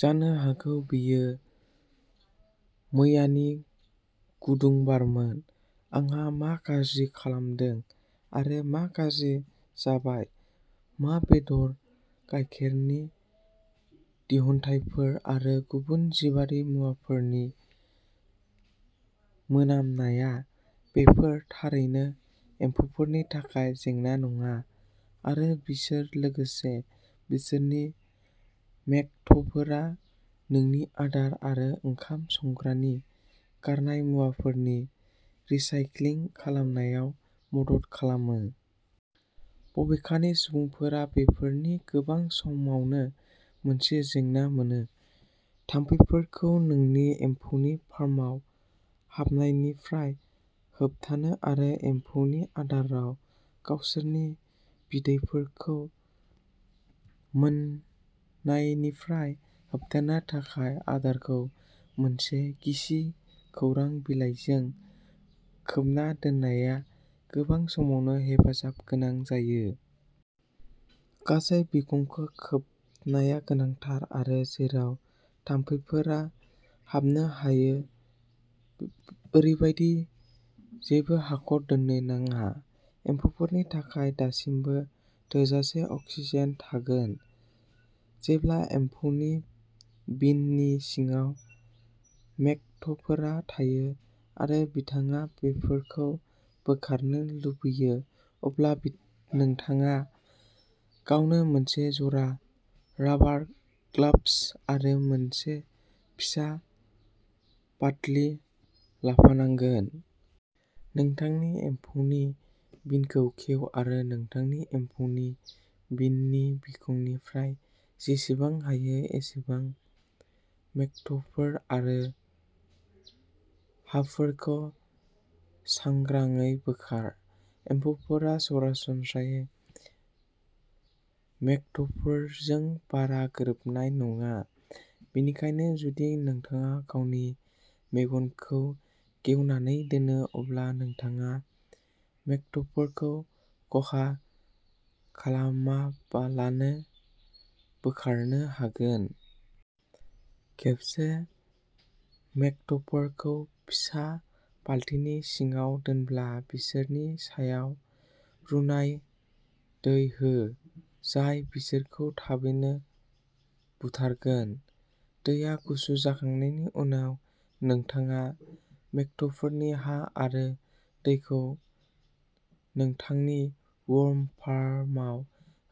जानो हागौ बेयो मैयानि गुदुं बारमोन। आंहा मा गाज्रि खालामदों आरो मा गाज्रि जाबाय मा बेदर गायखेरनि दिहुनथायफोर आरो गुबुन जिबारि मुवाफोरनि मोनामनाया। बेफोर थारैनो एम्फौफोरनि थाखाय जेंना नङा आरो बिसोर लोगोसे बिसोरनि मेगटफोरा नोंनि आदार आरो ओंखाम संग्रानि गारनाय मुवाफोरखौ रिसाइक्लिं खालामनायाव मदद खालामो। बबेखानि सुबुंफोरा बेफोरखौ गोबां समावनो मोनसे जेंना मोनो। थाम्फैफोरखौ नोंनि एम्फौनि फार्मआव हाबनायनिफ्राय होबथानो आरो एम्फौनि आदाराव गावसोरनि बिदैफोरखौ मोननायनिफ्राय होबथानो थाखाय आदारखौ मोनसे गिसि खौरां बिलाइजों खोबना दोननाया गोबां समावनो हेफाजाब गोनां जायो। गासै बिखंखौ खोबनाया गोनांथार आरो जेराव थाम्फैफोरा हाबनो हायो ओरैबायदि जेबो हाखर दोननो नाङा। एम्फौफोरनि थाखाय दासिमबो थोजासे अक्सिजेन थागोन। जेब्ला एम्फौनि बिननि सिङाव मेगट'फोर थायो आरो नोंथाङा बेफोरखौ बोखारनो लुबैयो अब्ला नोंथाङा गावनो मोनसे जरा राबार ग्लाब्स आरो मोनसे फिसा बातलि लाफानांगोन। नोंथांनि एम्फौनि बिनखौ खेव आरो नोंथांनि एम्फौनि बिननि बिखंनिफ्राय जेसेबां हायो एसेबां मेगट'फोर आरो हाफोरखौ सांग्राङै बोखार। एम्फौफोरा सरासनस्रायै मेगट'फोरजों बारा गोरोबनाय नङा बेनिखायनो जुदि नोंथाङा गावनि मेगनखौ गेवनानै दोनो अब्ला नोंथाङा मेगट'फोरखौ खहा खालामालाबानो बोखारनो हागोन। खेबसे मेगट'फोरखौ फिसा बालतिनि सिङाव दोनब्ला बिसोरनि सायाव रुनाय दै हो जाय बिसोरखौ थाबैनो बुथारगोन। दैया गुसु जाखांनायनि उनाव नोंथाङा मेगट'फोरनि हा आरो दैखौ नोंथांनि वर्म फार्माव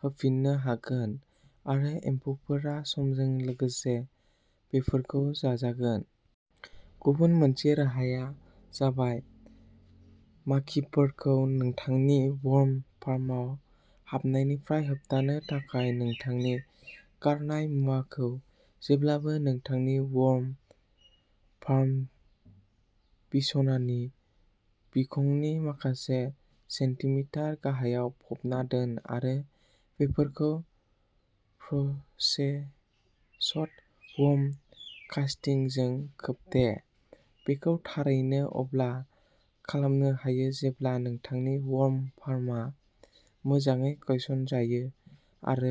होफिननो हागोन आरो एम्फौफोरा समजों लोगोसे बेफोरखौ जाजागोन। गुबुन मोनसे राहाया जाबाय माखिफोरखौ नोंथांनि वर्म फार्मआव हाबनायनिफ्राय होबथानो थाखाय नोंथांनि गारनाय मुवाखौ जेब्लाबो नोंथांनि वर्म फार्म बिसनानि बिखंनि माखासे सेन्टिमिटार गाहायाव फबना दोन आरो बेफोरखौ प्रसेसड वर्म कास्टिं जों खोबथे। बेखौ थारैनो अब्ला खालामनो हायो जेब्ला नोंथांनि वर्म फार्मआ मोजाङै गायसनजायो आरो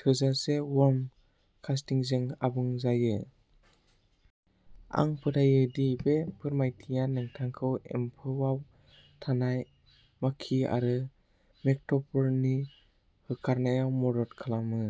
थोजासे वर्म कास्टिंजों आबुं जायो। आं फोथायो दि बे फोरमायथिया नोंथांखौ एम्फौआव थानाय माखि आरो मेगट'फोरनि होखारनायाव मदद खालामो।